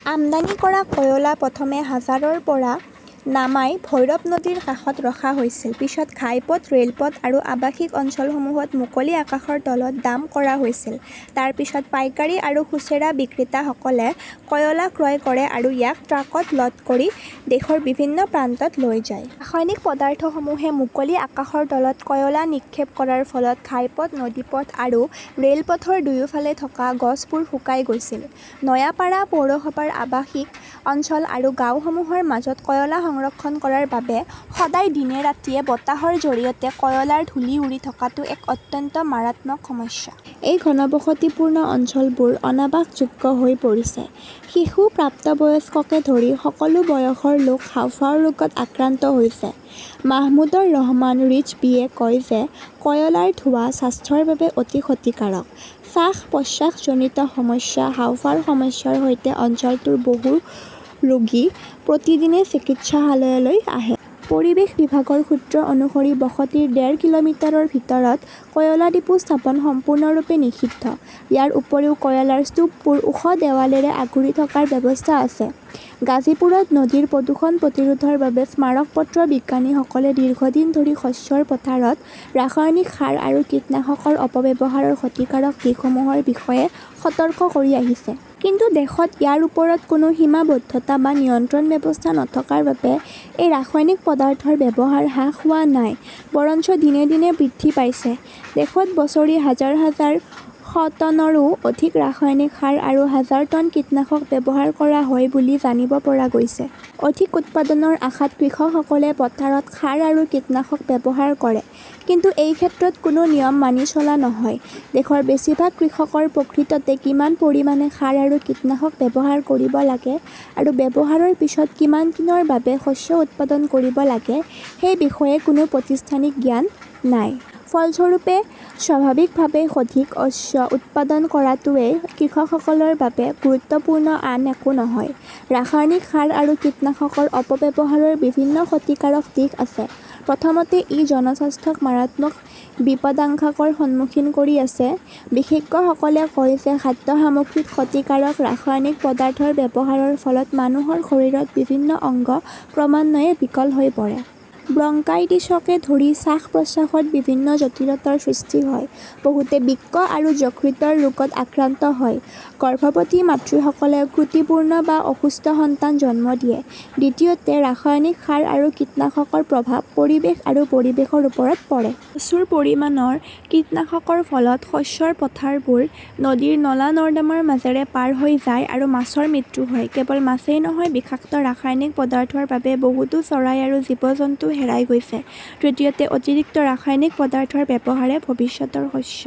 আমদানি কৰা কয়লা প্ৰথমে জাহাজৰ পৰা নামাই ভৈৰৱ নদীৰ কাষত ৰখা হৈছিল। পিছত ঘাইপথ, ৰেলপথ আৰু আৱাসিক অঞ্চলসমূহত মুকলি আকাশৰ তলত ডাম্প কৰা হৈছিল। তাৰ পিছত পাইকাৰী আৰু খুচুৰা বিক্ৰেতাসকলে কয়লা ক্ৰয় কৰে আৰু ইয়াক ট্ৰাকত ল'ড কৰি দেশৰ বিভিন্ন প্ৰান্তত লৈ যায়। ৰাসায়নিক পদাৰ্থসমূহে মুকলি আকাশৰ তলত কয়লা নিক্ষেপ কৰাৰ ফলত ঘাইপথ, নদীপথ আৰু ৰেলপথৰ দুয়োফালে থকা গছবোৰ শুকাই গৈছিল। নৱাপাৰা পৌৰসভাৰ আৱাসিক অঞ্চল আৰু গাঁওসমূহৰ মাজত কয়লা সংৰক্ষণ কৰাৰ বাবে সদায় দিনে ৰাতিয়ে বতাহৰ জৰিয়তে কয়লাৰ ধূলি উৰি থকাটো এক অত্যন্ত মাৰাত্মক সমস্যা। এই ঘনবসতিপূৰ্ণ অঞ্চলবোৰ অনাৱাসযোগ্য হৈ পৰিছে। শিশু, প্ৰাপ্তবয়স্ককে ধৰি সকলো বয়সৰ লোক হাঁওফাঁওৰ ৰোগত আক্ৰান্ত হৈছে। মাহমুদৰ ৰহমান ৰিজৱীয়ে কয় যে কয়লাৰ ধোঁৱা স্বাস্থ্যৰ বাবে অতি ক্ষতিকাৰক। শ্বাস-প্ৰশ্বাসজনিত সমস্যা, হাঁওফাঁওৰ সমস্যাৰ সৈতে অঞ্চলটোৰ বহুতো ৰোগী প্ৰতিদিনে চিকিৎসালয়লৈ আহে। পৰিৱেশ বিভাগৰ সূত্ৰ অনুসৰি, বসতিৰ ডেৰ কিলোমিটাৰৰ ভিতৰত কয়লা ডিপো স্থাপন সম্পূৰ্ণৰূপে নিষিদ্ধ। ইয়াৰ উপৰিও, কয়লাৰ স্তূপবোৰ ওখ দেৱালেৰে আগুৰি থকাৰ ব্যৱস্থা আছে। গাজীপুৰত নদীৰ প্ৰদূষণ প্ৰতিৰোধৰ বাবে স্মাৰক পত্ৰ বিজ্ঞানীসকলে দীৰ্ঘদিন ধৰি শস্যৰ পথাৰত ৰাসায়নিক সাৰ আৰু কীটনাশকৰ অপব্যৱহাৰৰ ক্ষতিকাৰক দিশসমূহৰ বিষয়ে সতৰ্ক কৰি আহিছে। কিন্তু দেশত ইয়াৰ ওপৰত কোনো সীমাবদ্ধতা বা নিয়ন্ত্ৰণ ব্যৱস্থা নথকাৰ বাবে এই ৰাসায়নিক পদাৰ্থৰ ব্যৱহাৰ হ্ৰাস হোৱা নাই, বৰঞ্চ দিনে দিনে বৃদ্ধি পাইছে। দেশত বছৰি হাজাৰ হাজাৰ ষটনৰো অধিক ৰাসায়নিক সাৰ আৰু হাজাৰ টন কীটনাশক ব্যৱহাৰ কৰা হয় বুলি জানিব পৰা গৈছে। অধিক উৎপাদনৰ আশাত কৃষকসকলে পথাৰত সাৰ আৰু কীটনাশক ব্যৱহাৰ কৰে। কিন্তু এই ক্ষেত্ৰত কোনো নিয়ম মানি চলা নহয়। দেশৰ বেছিভাগ কৃষকৰ প্ৰকৃততে কিমান পৰিমাণে সাৰ আৰু কীটনাশক ব্যৱহাৰ কৰিব লাগে আৰু ব্যৱহাৰৰ পিছত কিমান দিনৰ বাবে শস্য উৎপাদন কৰিব লাগে সেই বিষয়ে কোনো প্ৰতিষ্ঠানিক জ্ঞান নাই। ফলস্বৰূপে, স্বাভাৱিকভাৱেই অধিক শস্য উৎপাদন কৰাটোৱেই কৃষকসকলৰ বাবে গুৰুত্বপূৰ্ণ, আন একো নহয়। ৰাসায়নিক সাৰ আৰু কীটনাশকৰ অপব্যৱহাৰৰ বিভিন্ন ক্ষতিকাৰক দিশ আছে। প্ৰথমতে, ই জনস্বাস্থ্যক মাৰাত্মক বিপদাশংকাৰ সন্মুখীন কৰি আছে। বিশেষজ্ঞসকলে কয় যে খাদ্য সামগ্ৰীত ক্ষতিকাৰক ৰাসায়নিক পদাৰ্থৰ ব্যৱহাৰৰ ফলত মানুহৰ শৰীৰত বিভিন্ন অংগ ক্ৰমান্বয়ে বিকল হৈ পৰে। ব্ৰংকাইটিছকে ধৰি শ্বাস-প্ৰশ্বাসত বিভিন্ন জটিলতাৰ সৃষ্টি হয়। বহুতে বৃক্ক আৰু যকৃতৰ ৰোগত আক্ৰান্ত হয়। গৰ্ভৱতী মাতৃসকলেও ত্ৰুটিপূৰ্ণ বা অসুস্থ সন্তান জন্ম দিয়ে। দ্বিতীয়তে, ৰাসায়নিক সাৰ আৰু কীটনাশকৰ প্ৰভাৱ পৰিৱেশ আৰু পৰিৱেশৰ ওপৰত পৰে। প্ৰচুৰ পৰিমাণৰ কীটনাশকৰ ফলত শস্যৰ পথাৰবোৰ নদীৰ নলা-নৰ্দমাৰ মাজেৰে পাৰ হৈ যায় আৰু মাছৰ মৃত্যু হয়। কেৱল মাছই নহয়, বিষাক্ত ৰাসায়নিক পদাৰ্থৰ বাবে বহুতো চৰাই আৰু জীৱ-জন্তুও হেৰাই গৈছে। তৃতীয়তে, অতিৰিক্ত ৰাসায়নিক পদাৰ্থৰ ব্যৱহাৰে ভৱিষ্যতৰ শস্য